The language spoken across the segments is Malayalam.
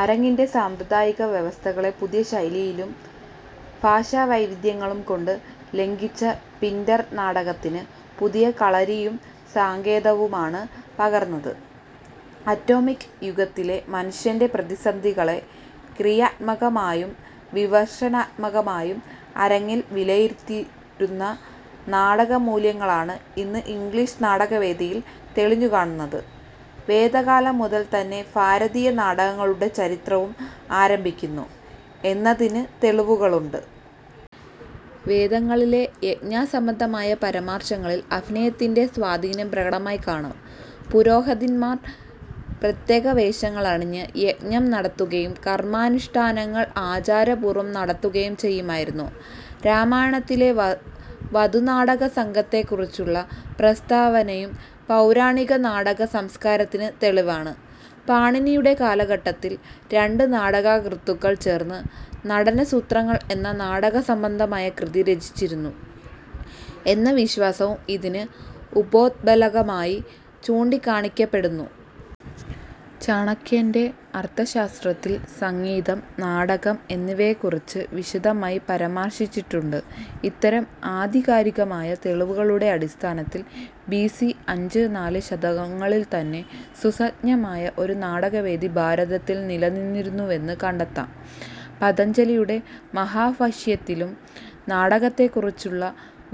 അരങ്ങിൻ്റെ സാമ്പ്രദായിക വ്യവസ്ഥകളെ പുതിയ ശൈലിയിലും ഭാഷാവൈവിധ്യങ്ങളുംകൊണ്ട് ലംഘിച്ച പിൻ്റർ നാടകത്തിന് പുതിയ കളരിയും സങ്കേതവുമാണ് പകർന്നത്. ആറ്റോമിക് യുഗത്തിലെ മനുഷ്യൻ്റെ പ്രതിസന്ധികളെ ക്രിയാത്മകമായും വിമർശനാത്മകമായും അരങ്ങിൽ വിലയിരുത്തി രുന്ന നാടകമൂല്യങ്ങളാണ് ഇന്ന് ഇംഗ്ലീഷ് നാടകവേദിയിൽ തെളിഞ്ഞു കാണുന്നത്. വേദകാലം മുതൽ തന്നെ ഫാരതീയ നാടകങ്ങളുടെ ചരിത്രവും ആരംഭിക്കുന്നു എന്നതിന് തെളിവുകളുണ്ട്. വേദങ്ങളിലെ യജ്ഞസംബന്ധമായ പരാമർശങ്ങളിൽ അഭിനയത്തിൻ്റെ സ്വാധീനം പ്രകടമായി കാണാം. പുരോഹതിന്മാർ പ്രത്യേകവേഷങ്ങളണിഞ്ഞ് യജ്ഞം നടത്തുകയും കർമാനുഷ്ഠാനങ്ങൾ ആചാരപൂർവം നടത്തുകയും ചെയ്യുമായിരുന്നു. രാമായണത്തിലെ വ വധൂനാടകസംഘത്തെക്കുറിച്ചുള്ള പ്രസ്താവനയും പൗരാണിക നാടകസംസ്കാരത്തിന് തെളിവാണ്. പാണിനിയുടെ കാലഘട്ടത്തിൽ രണ്ട് നാടകകൃത്തുക്കൾ ചേർന്ന് നടനസൂത്രങ്ങൾ എന്ന നാടകസംബന്ധമായ കൃതി രചിച്ചിരുന്നു എന്ന വിശ്വാസവും ഇതിന് ഉപോദ്ബലകമായി ചൂണ്ടിക്കാണിക്കപ്പെടുന്നു. ചാണക്യൻ്റെ അർഥശാസ്ത്രത്തിൽ സംഗീതം, നാടകം എന്നിവയെക്കുറിച്ച് വിശദമായി പരാമർശിച്ചിട്ടുണ്ട്. ഇത്തരം ആധികാരികമായ തെളിവുകളുടെ അടിസ്ഥാനത്തിൽ, ബി സി അഞ്ച്, നാല് ശതകങ്ങളിൽത്തന്നെ സുസജ്ജമായ ഒരു നാടകവേദി ഭാരതത്തിൽ നിലനിന്നിരുന്നുവെന്ന് കണ്ടെത്താം. പതഞ്ജലിയുടെ മഹാഫഷ്യത്തിലും നാടകത്തെക്കുറിച്ചുള്ള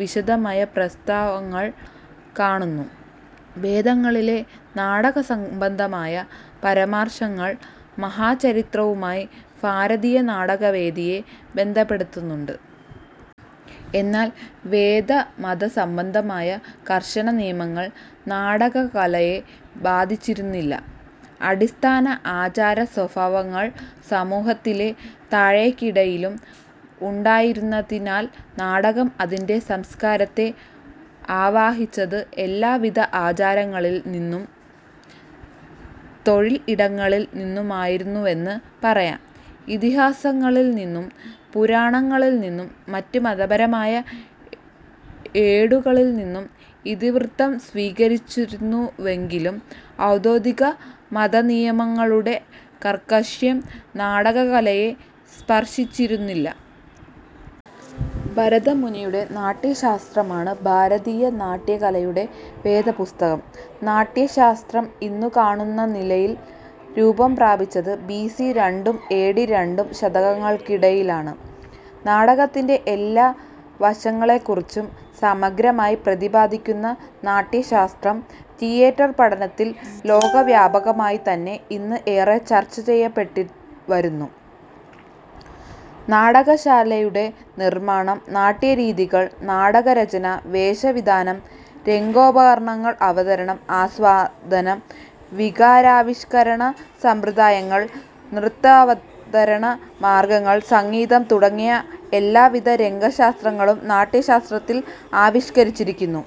വിശദമായ പ്രസ്താവങ്ങൾ കാണുന്നു. വേദങ്ങളിലെ നാടകസംബന്ധമായ പരാമർശങ്ങൾ മഹാ ചരിത്രവുമായി ഫാരതീയ നാടകവേദിയെ ബന്ധപ്പെടുത്തുന്നുണ്ട്. എന്നാൽ വേദമതസംബന്ധമായ കർശന നിയമങ്ങൾ നാടകകലയെ ബാധിച്ചിരുന്നില്ല. അടിസ്ഥാന ആചാരസ്വഫാവങ്ങൾ സമൂഹത്തിലെ താഴേക്കിടയിലും ഉണ്ടായിരുന്നതിനാൽ നാടകം, അതിൻ്റെ സംസ്കാരത്തെ ആവാഹിച്ചത് എല്ലാവിധ ആചാരങ്ങളിൽനിന്നും തൊഴിൽ ഇടങ്ങളിൽ നിന്നുമായിരുന്നുവെന്ന് പറയാം. ഇതിഹാസങ്ങളിൽനിന്നും പുരാണങ്ങളിൽനിന്നും മറ്റു മതപരമായ ഏടുകളിൽനിന്നും ഇതിവൃത്തം സ്വീകരിച്ചിരുന്നുവെങ്കിലും ഔദ്യോദിക മതനിയമങ്ങളുടെ കാർക്കശ്യം നാടകകലയെ സ്പർശിച്ചിരുന്നില്ല. ഭരതമുനിയുടെ നാട്യശാസ്ത്രമാണ് ഭാരതീയ നാട്യകലയുടെ വേദപുസ്തകം. നാട്യശാസ്ത്രം ഇന്നുകാണുന്നനിലയിൽ രൂപംപ്രാപിച്ചത് ബി സി രണ്ടും എ ഡി രണ്ടും ശതകങ്ങൾക്കിടയിലാണ്. നാടകത്തിൻ്റെ എല്ലാ വശങ്ങളെക്കുറിച്ചും സമഗ്രമായി പ്രതിപാദിക്കുന്ന നാട്യശാസ്ത്രം, തിയേറ്റർപഠനത്തിൽ ലോകവ്യാപകമായിത്തന്നെ ഇന്ന് ഏറെ ചർച്ചചെയ്യപ്പെട്ടുവരുന്നു. നാടകശാലയുടെ നിർമ്മാണം, നാട്യരീതികൾ, നാടകരചന, വേഷവിധാനം, രംഗോപകരണങ്ങൾ, അവതരണം, ആസ്വാദനം, വികാരാവിഷ്കരണസമ്പ്രദായങ്ങൾ, നൃത്താവതരണ മാർഗങ്ങൾ, സംഗീതം തുടങ്ങിയ എല്ലാവിധ രംഗശാസ്ത്രങ്ങളും നാട്യശാസ്ത്രത്തിൽ ആവിഷ്കരിച്ചിരിക്കുന്നു.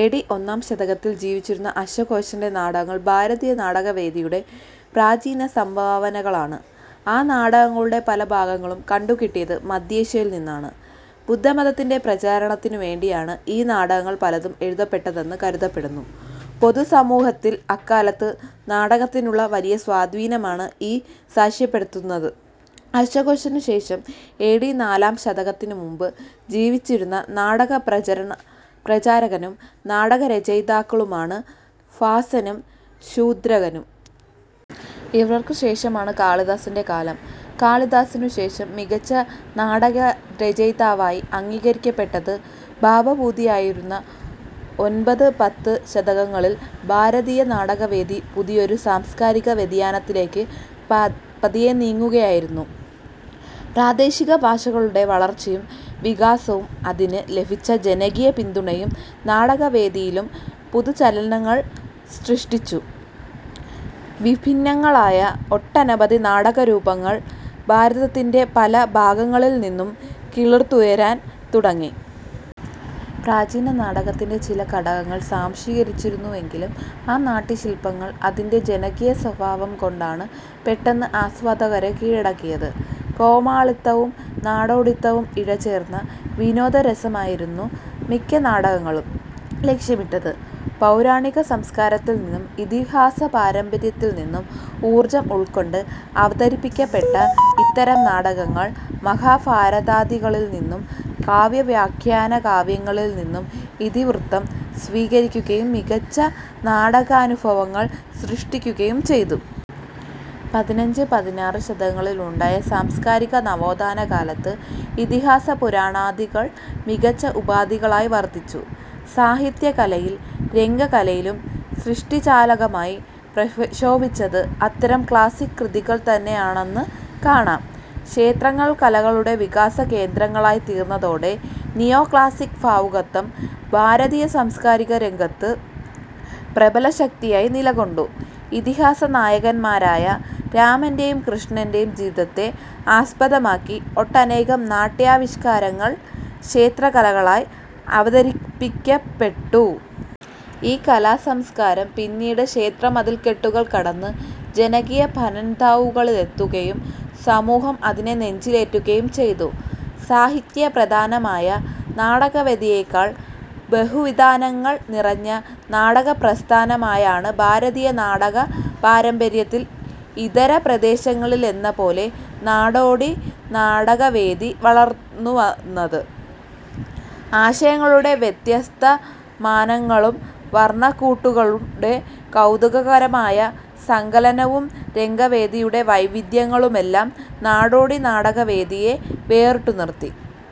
എ ഡി ഒന്നാം ശതകത്തിൽ ജീവിച്ചിരുന്ന ആശ്വഘോഷൻ്റെ നാടകങ്ങൾ ഭാരതീയ നാടകവേദിയുടെ പ്രാചീനസംഭാവനകളാണ്. ആ നാടകങ്ങളുടെ പല ഭാഗങ്ങളും കണ്ടുകിട്ടിയത് മധ്യേഷ്യയിൽ നിന്നാണ്. ബുദ്ധമതത്തിൻ്റെ പ്രചാരണത്തിനുവേണ്ടിയാണ് ഈ നാടകങ്ങൾ പലതും എഴുതപ്പെട്ടതെന്ന് കരുതപ്പെടുന്നു. പൊതുസമൂഹത്തിൽ അക്കാലത്ത് നാടകത്തിനുള്ള വലിയ സ്വാധീനമാണ് ഈ സാക്ഷ്യപ്പെടുത്തുന്നത്. അശ്വഘോഷനുശേഷം, എ ഡി നാലാം ശതകത്തിനുമുമ്പു ജീവിച്ചിരുന്ന നാടകപ്രചരണ പ്രചാരകരും നാടകരചയിതാക്കളുമാണ് ഫാസനും ശൂദ്രകനും. ഇവർക്കുശേഷമാണ് കാളിദാസൻ്റെ കാലം. കാളിദാസനുശേഷം മികച്ച നാടകരചയിതാവായി അംഗീകരിക്കപ്പെട്ടത് ഭാവഭൂതിയായിരുന്ന. ഒൻപത്-പത്ത് ശതകങ്ങളിൽ ഭാരതീയ നാടകവേദി പുതിയൊരു സാംസ്കാരിക വ്യതിയാനത്തിലേക്ക് പ പതിയെ നീങ്ങുകയായിരുന്നു. പ്രാദേശികഭാഷകളുടെ വളർച്ചയും വികാസവും അതിന് ലഭിച്ച ജനകീയ പിന്തുണയും നാടകവേദിയിലും പുതുചലനങ്ങൾ സൃഷ്ടിച്ചു. വിഭിന്നങ്ങളായ ഒട്ടനവധി നാടകരൂപങ്ങൾ ഭാരതത്തിൻ്റെ പല ഭാഗങ്ങളിൽനിന്നും കിളിർത്തുയരാൻ തുടങ്ങി. പ്രാചീന നാടകത്തിൻ്റെ ചില ഘടകങ്ങൾ സ്വാംശീകരിച്ചിരുന്നുവെങ്കിലും ആ നാട്യശില്പങ്ങൾ അതിൻ്റെ ജനകീയസ്വഭാവംകൊണ്ടാണ് പെട്ടെന്ന് ആസ്വാദകരെ കീഴടക്കിയത്. കോമാളിത്തവും നാടോടിത്തവും ഇഴചേർന്ന വിനോദരസമായിരുന്നു മിക്ക നാടകങ്ങളും ലക്ഷ്യമിട്ടത്. പൗരാണിക സംസ്കാരത്തിൽനിന്നും ഇതിഹാസപാരമ്പര്യത്തിൽനിന്നും ഊർജ്ജം ഉൾക്കൊണ്ട് അവതരിപ്പിക്കപ്പെട്ട ഇത്തരം നാടകങ്ങൾ മഹാഫാരതാദികളിൽനിന്നും കഥാവ്യാഖ്യാനകാവ്യങ്ങളിൽനിന്നും ഇതിവൃത്തം സ്വീകരിക്കുകയും മികച്ച നാടകാനുഫവങ്ങൾ സൃഷ്ടിക്കുകയും ചെയ്തു. പതിനഞ്ച്, പതിനാറ് ശതകങ്ങളിലുണ്ടായ സാംസ്കാരിക നവോത്ഥാന കാലത്ത് ഇതിഹാസപുരാണാദികൾ മികച്ച ഉപാധികളായി വർത്തിച്ചു. സാഹിത്യകലയിലും രംഗകലയിലും സൃഷ്ടിചാലകമായി പ്രശോഭിച്ചത് അത്തരം ക്ലാസ്സിക് കൃതികൾ തന്നെയാണെന്ന് കാണാം. ക്ഷേത്രങ്ങൾ കലകളുടെ വികാസകേന്ദ്രങ്ങളായിത്തീർന്നതോടെ നിയോക്ലാസ്സിക് ഫാവുകത്വം ഭാരതീയ സാംസ്കാരികരംഗത്ത് പ്രബലശക്തിയായി നിലകൊണ്ടു. ഇതിഹാസ നായകന്മാരായ രാമൻ്റെയും കൃഷ്ണൻ്റെയും ജീവിതത്തെ ആസ്പദമാക്കി ഒട്ടനേകം നാട്യാവിഷ്കാരങ്ങൾ ക്ഷേത്രകലകളായി അവതരിപ്പിക്കപ്പെട്ടു. ഈ കലാസംസ്കാരം പിന്നീട് ക്ഷേത്രമതിൽക്കെട്ടുകൾ കടന്ന് ജനകീയ പന്ഥാവുകളിലെത്തുകയും സമൂഹം അതിനെ നെഞ്ചിലേറ്റുകയും ചെയ്തു. സാഹിത്യപ്രധാനമായ നാടകവെദിയേക്കാൾ ബഹുവിതാനങ്ങൾ നിറഞ്ഞ നാടകപ്രസ്ഥാനമായാണ് ഭാരതീയ നാടകപാരമ്പര്യത്തിൽ ഇതര പ്രദേശങ്ങളിലെന്നപോലെ നാടോടി നാടകവേദി വളർന്നുവന്നത്. ആശയങ്ങളുടെ വ്യത്യസ്തമാനങ്ങളും വർണക്കൂട്ടുകളുടെ കൗതുകകരമായ സങ്കലനവും രംഗവേദിയുടെ വൈവിധ്യങ്ങളുമെല്ലാം നാടോടി നാടകവേദിയെ വേറിട്ടുനിർത്തി.